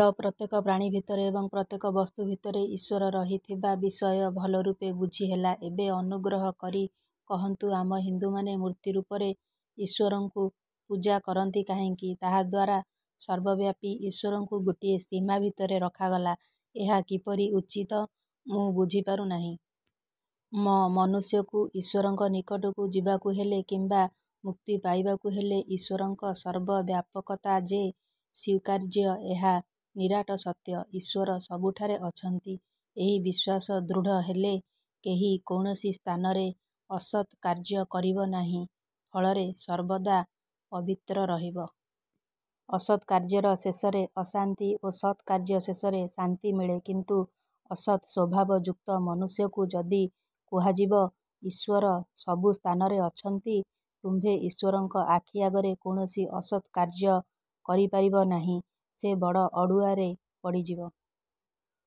ୟ-ପ୍ରତ୍ୟେକ ପ୍ରାଣୀ ଭିତରେ ଏବଂ। ପ୍ରତ୍ୟେକ ବସ୍ତୁ ଭିତରେ ଈଶ୍ଵର ରହିଥିବା ବିଷୟ ଭଲରୂପେ ବୁଝି ହେଲା। ଏବେ ଅନୁଗ୍ରହ କରି କହନ୍ତୁ, ଆମ ହିନ୍ଦୁମାନେ ମୂର୍ତ୍ତି ରୂପରେ ଈଶ୍ଵରଙ୍କୁ ପୂଜା କରନ୍ତି କାହିଁକି? ତାହାଦ୍ୱାରା ସର୍ବବ୍ୟାପୀ ଈଶ୍ଵରଙ୍କୁ ଗୋଟିଏ ସୀମା ଭିତରେ ରଖାଗଲା। ଏହା କିପରି ଉଚିତ, ମୁଁ ବୁଝିପାରୁ ନାହିଁ। ମ-ମନୁଷ୍ୟକୁ ଈଶ୍ଵରଙ୍କ ନିକଟକୁ ଯିବାକୁ ହେଲେ କିମ୍ବା ମୁକ୍ତି ପାଇବାକୁ ହେଲେ ଈଶ୍ଵରଙ୍କ ସର୍ବବ୍ୟାପକତା ଯେ ସ୍ଵୀକାର୍ଯ୍ୟ, ଏହା ନିରାଟ ସତ୍ୟ। ଈଶ୍ଵର ସବୁଠାରେ ଅଛନ୍ତି, ଏ ବିଶ୍ଵାସ ଦୃଢ଼ ହେଲେ କେହି କୌଣସି ସ୍ଥାନରେ ଅସତ୍ କାର୍ଯ୍ୟ କରିବ ନାହିଁ; ଫଳରେ ସର୍ବଦା ପବିତ୍ର ରହିବ। ଅସତ୍ କାର୍ଯ୍ୟର ଶେଷରେ ଅଶାନ୍ତି ଓ ସତ୍ କାର୍ଯ୍ୟ ଶେଷରେ ଶାନ୍ତି ମିଳେ। କିନ୍ତୁ ଅସତ୍ ସ୍ଵଭାବ ଯୁକ୍ତ ମନୁଷ୍ୟକୁ ଯଦି କୁହାଯିବ, "ଈଶ୍ଵର ସବୁ ସ୍ଥାନରେ ଅଛନ୍ତି। ତୁମ୍ଭେ ଈଶ୍ଵରଙ୍କ ଆଖି ଆଗରେ କୌଣସି ଅସତ୍ କାର୍ଯ୍ୟ କରିପାରିବ ନାହିଁ। " ସେ ବଡ଼ ଅଡ଼ୁଆରେ ପଡ଼ିଯିବ।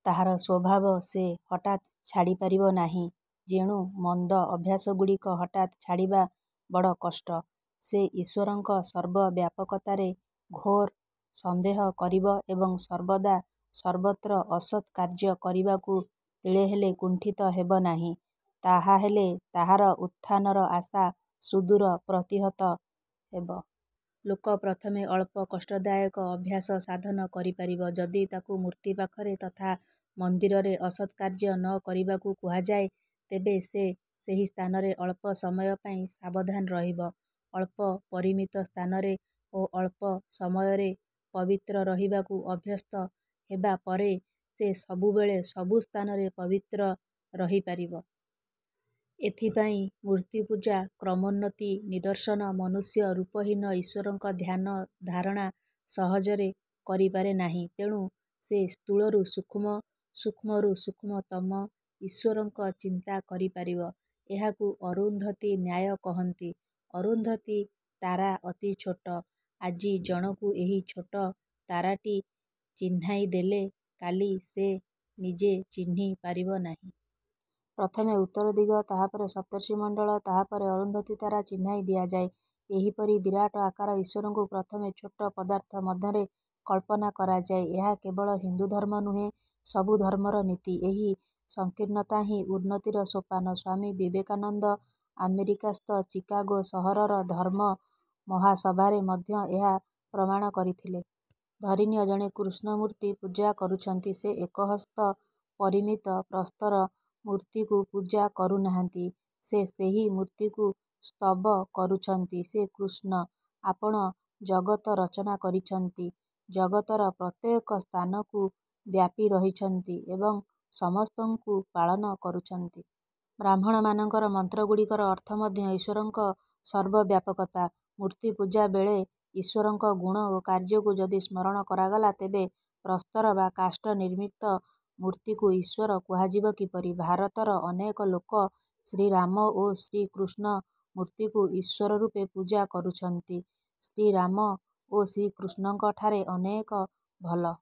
ତାହାର ସ୍ଵଭାବ ସେ ହଠାତ୍ ଛାଡ଼ିପାରିବ ନାହିଁ। ଯେଣୁ ମନ୍ଦ ଅଭ୍ୟାସଗୁଡ଼ିକ ହଠାତ୍ ଛାଡ଼ିବା ବଡ଼ କଷ୍ଟ। ସେ ଈଶ୍ଵରଙ୍କ ସର୍ବବ୍ୟାପକତାରେ ଘୋର ସନ୍ଦେହ କରିବ ଏବଂ ସର୍ବଦା ସର୍ବତ୍ର ଅସତ୍ କାର୍ଯ୍ୟ କରିବାକୁ ତିଳେହେଲେ କୁଣ୍ଠିତ ହେବ ନାହିଁ। ତାହାହେଲେ ତାହାର ଉତ୍ଥାନର ଆଶା ସୁଦୂର ପ୍ରତିହତ ହେବ-। ଲୋକ ପ୍ରଥମେ ଅଳ୍ପ କଷ୍ଟଦାୟକ ଅଭ୍ୟାସ ସାଧନ କରିପାରିବ। ଯଦି ତାକୁ ମୂର୍ତ୍ତି ପାଖରେ ତଥା ମନ୍ଦିରରେ ଅସତ୍ କାର୍ଯ୍ୟ ନ କରିବାକୁ କୁହାଯାଏ, ତେବେ ସେ ସେହି ସ୍ଥାନରେ ଅଳ୍ପ ସମୟ ପାଇଁ ସାବଧାନ ରହିବ। ଅଳ୍ପ ପରିମିତି ସ୍ଥାନରେ ଓ ଅଳ୍ପ ସମୟରେ ପବିତ୍ର ରହିବାକୁ ଅଭ୍ୟସ୍ତ ହେବା ପରେ ସେ ସବୁବେଳେ ସବୁ ସ୍ଥାନରେ ପବିତ୍ର ରହି ପାରିବ। ଏଥିପାଇଁ ମୂର୍ତ୍ତିପୂଜା କ୍ରମୋନ୍ନତିର ନିଦର୍ଶନ। ମନୁଷ୍ୟ ରୂପହୀନ ଈଶ୍ଵରଙ୍କ ଧ୍ୟାନ ଧାରଣା ସହଜରେ କରିପାରେ ନାହିଁ। ତେଣୁ ସେ ସ୍ଥୂଳରୁ ସୂକ୍ଷ୍ମ, ସୂକ୍ଷ୍ମରୁ ସୂକ୍ଷ୍ମତମ ଈଶ୍ଵରଙ୍କ ଚିନ୍ତା କରିପାରିବ। ଏହାକୁ ଅରୁନ୍ଧତୀନ୍ୟାୟ କହନ୍ତି। ଅରୁନ୍ଧତୀ ତାରା ଅତି ଛୋଟ। ଆଜି ଜଣକୁ ଏହି ଛୋଟ ତାରାଟି ଚିହ୍ନାଇ ଦେଲେ କାଲି ସେ ନିଜେ ଚିହ୍ନି ପାରିବ ନାହିଁ। ପ୍ରଥମେ ଉତ୍ତର ଦିଗ, ତାହାପରେ ସପ୍ତର୍ଷିମଣ୍ଡଳ, ତାହାପରେ ଅରୁନ୍ଧତୀ ତାରା ଚିହ୍ନାଇ ଦିଆଯାଏ। ଏହିପରି ବିରାଟ ଆକାର ଈଶ୍ଵରଙ୍କୁ ପ୍ରଥମେ ଛୋଟ ପଦାର୍ଥ ମଧ୍ୟରେ କଳ୍ପନା କରାଯାଏ। ଏହା କେବଳ ହିନ୍ଦୁ ଧର୍ମ ନୁହେଁ, ସବୁ ଧର୍ମର ନୀତି। ଏହି ସଂକୀର୍ଣ୍ଣତାହିଁ ଉନ୍ନତିର ସୋପାନ। ସ୍ଵାମୀ ବିକେକାନନ୍ଦ ଆମେରିକାସ୍ଥ ଚିକାଗୋ ସହରର ଧର୍ମ ମହାସଭାରେ ମଧ୍ୟ ଏହା ପ୍ରମାଣ କରିଥିଲେ। ଧରିନିଅ, ଜଣେ କୃଷ୍ଣ ମୂର୍ତ୍ତି ପୂଜା କରୁଛନ୍ତି। ସେ ଏକ ହସ୍ତ ପରିମିତ ପ୍ରସ୍ତର ମୂର୍ତ୍ତିକୁ ପୂଜା କରୁ ନାହାନ୍ତି। ସେ ସେହି ମୂର୍ତ୍ତିକୁ ସ୍ତବ କରୁଛନ୍ତି, "ହେ କୃଷ୍ଣ! ଆପଣ ଜଗତ ରଚନା କରିଛନ୍ତି, ଜଗତର ପ୍ରତ୍ୟେକ ସ୍ଥାନକୁ ବ୍ୟାପି ରହିଛନ୍ତି ଏବଂ ସମସ୍ତଙ୍କୁ ପାଳନ କରୁଛନ୍ତି। " ବ୍ରାହ୍ମଣମାନଙ୍କ ମନ୍ତ୍ରଗୁଡ଼ିକର ଅର୍ଥ ମଧ୍ୟ ଈଶ୍ଵରଙ୍କ ସର୍ବ ବ୍ୟାପକତା। ମୂର୍ତ୍ତି ପୂଜା ବେଳେ ଈଶ୍ଵରଙ୍କ ଗୁଣ ଓ କାର୍ଯ୍ୟକୁ ଯଦି ସ୍ମରଣ କରାଗଲା, ତେବେ ପ୍ରସ୍ତର ବା କାଷ୍ଠ ନିର୍ମିତ ମୂର୍ତ୍ତିକୁ ଈଶ୍ଵର କୁହାଯିବ କିପରି? ଭାରତର ଅନେକ ଲୋକ ଶ୍ରୀରାମ ଓ ଶ୍ରୀକୃଷ୍ଣଙ୍କ ମୂର୍ତ୍ତିକୁ ଈଶ୍ଵରରୂପେ ପୂଜା କରୁଛନ୍ତି। ଶ୍ରୀରାମ ଓ ଶ୍ରୀକୃଷ୍ଣଙ୍କ ଠାରେ ଅନେକ ଭଲ